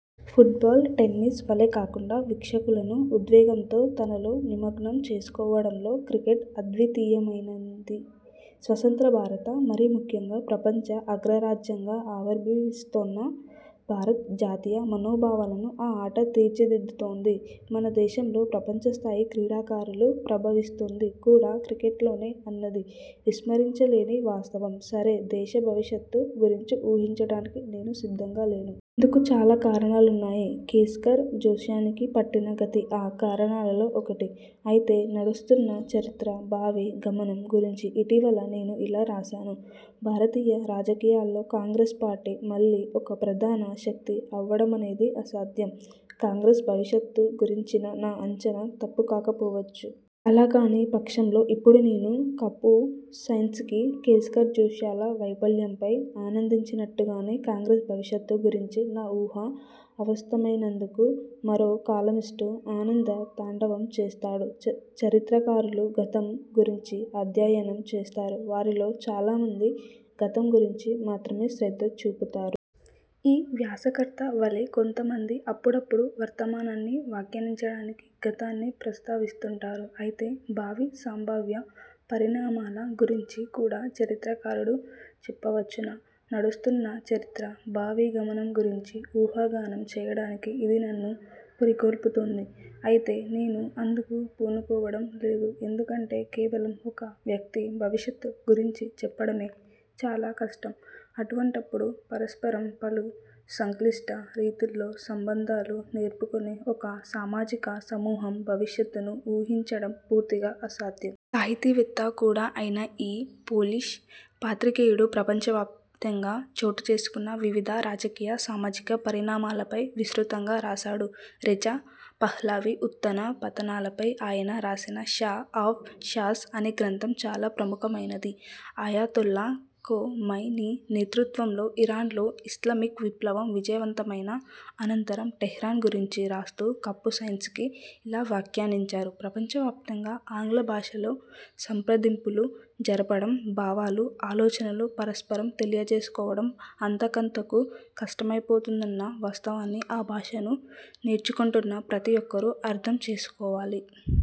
Football, tennis వలే కాకుండా వీక్షకులను ఉద్వేగంతో తనలో నిమగ్నం చేసుకోవడంలో క్రికెట్ అద్వితీయమైనది. స్వతంత్రభారత, మరీముఖ్యంగా ప్రపంచ అగ్రరాజ్యంగా ఆవర్భివిస్తోన్న భారత్ జాతీయ మనోభావాలను ఆ ఆట తీర్చిదిద్దుతోంది. మన దేశంలో ప్రపంచస్థాయి క్రీడాకారులు ప్రభవిస్తుంది కూడా క్రికెట్లోనే అన్నది విస్మరించలేని వాస్తవం. సరే, దేశ భవిష్యత్తు గురించి ఊహించడానికి నేను సిద్ధంగా లేను. ఇందుకు చాలా కారణాలున్నాయి. కేస్కర్ జోస్యానికి పట్టిన గతి ఆ కారణాలలో ఒకటి. అయితే, నడుస్తున్న చరిత్ర భావి గమనం గురించి ఇటీవల నేను ఇలా రాశాను: 'భారతీయ రాజకీయాల్లో కాంగ్రెస్ పార్టీ మళ్ళీ ఒక ప్రధాన శక్తి అవ్వడమనేది అసాధ్యం. ' కాంగ్రెస్ భవిష్యత్తు గురించిన నా అంచనా తప్పుకాకపోవచ్చు. అలా కాని పక్షంలో, ఇప్పుడు నేను కపుసైన్సికి, కేస్కర్ జోస్యాల వైఫల్యంపై ఆనందించినట్టుగానే కాంగ్రెస్ భవిష్యత్తు గురించి నా ఊహ అవాస్తమయినందుకు మరో కాలమిస్టు ఆనంద తాండవం చేస్తాడు. చరిత్రకారులు గతం గురించి అధ్యయనం చేస్తారు. వారిలో చాలా మంది గతం గురించి మాత్రమే శ్రద్ధ చూపుతారు. ఈ వ్యాసకర్త వలే, కొంత మంది అప్పుడప్పుడూ వర్తమానాన్ని వ్యాఖ్యానించడానికి గతాన్ని ప్రస్తావిస్తుంటారు. అయితే భావి సంభావ్య పరిణామాల గురించి కూడా చరిత్రకారుడు చెప్పవచ్చునా? నడుస్తున్నచరిత్ర భావి గమనం గురించి ఊహాగానం చేయడానికి ఇది నన్ను పురిగొల్పుతోంది. అయితే నేను అందుకు పూనుకోవడం లేదు. ఎందుకంటే కేవలం ఒక వ్యక్తి భవిష్యత్తు గురించి చెప్పడమే చాలా కష్టం; అటువంటప్పుడు పరస్పరం పలు సంక్లిష్ట రీతుల్లో సంబంధాలు నెరపుకొనే ఒక సామాజిక సమూహం భవిష్యత్తును ఊహించడం పూర్తిగా అసాధ్యం. సాహితీవేత్త కూడా అయిన ఈ పోలిష్ పాత్రికేయుడు ప్రపంచవ్యాప్తంగా చోటుచేసుకున్న వివిధ రాజకీయ, సామాజిక పరిణామాలపై విస్తృతంగా రాశాడు. రెజా పహ్లవి ఉత్థాన పతనాలపై ఆయన రాసిన 'షా ఆఫ్ షాస్' అనే గ్రంథం చాలా ప్రముఖమైనది. అయతొల్లా ఖొమైనీ నేతృత్వంలో ఇరాన్లో ఇస్లామిక్ విప్లవం విజయవంతమైన అనంతరం టెహ్రాన్ గురించి రాస్తూ కపుసైన్సికి ఇలా వ్యాఖ్యానించారు: 'ప్రపంచవ్యాప్తంగా ఆంగ్ల భాషలో సంప్రదింపులు జరపడం, భావాలు, ఆలోచనలు పరస్పరం తెలియజేసుకోవడం అంతకంతకూ కష్టమైపోతుందన్న వాస్తవాన్ని ఆ భాషను నేర్చుకొంటున్న ప్రతి ఒక్కరూ అర్థం చేసుకోవాలి.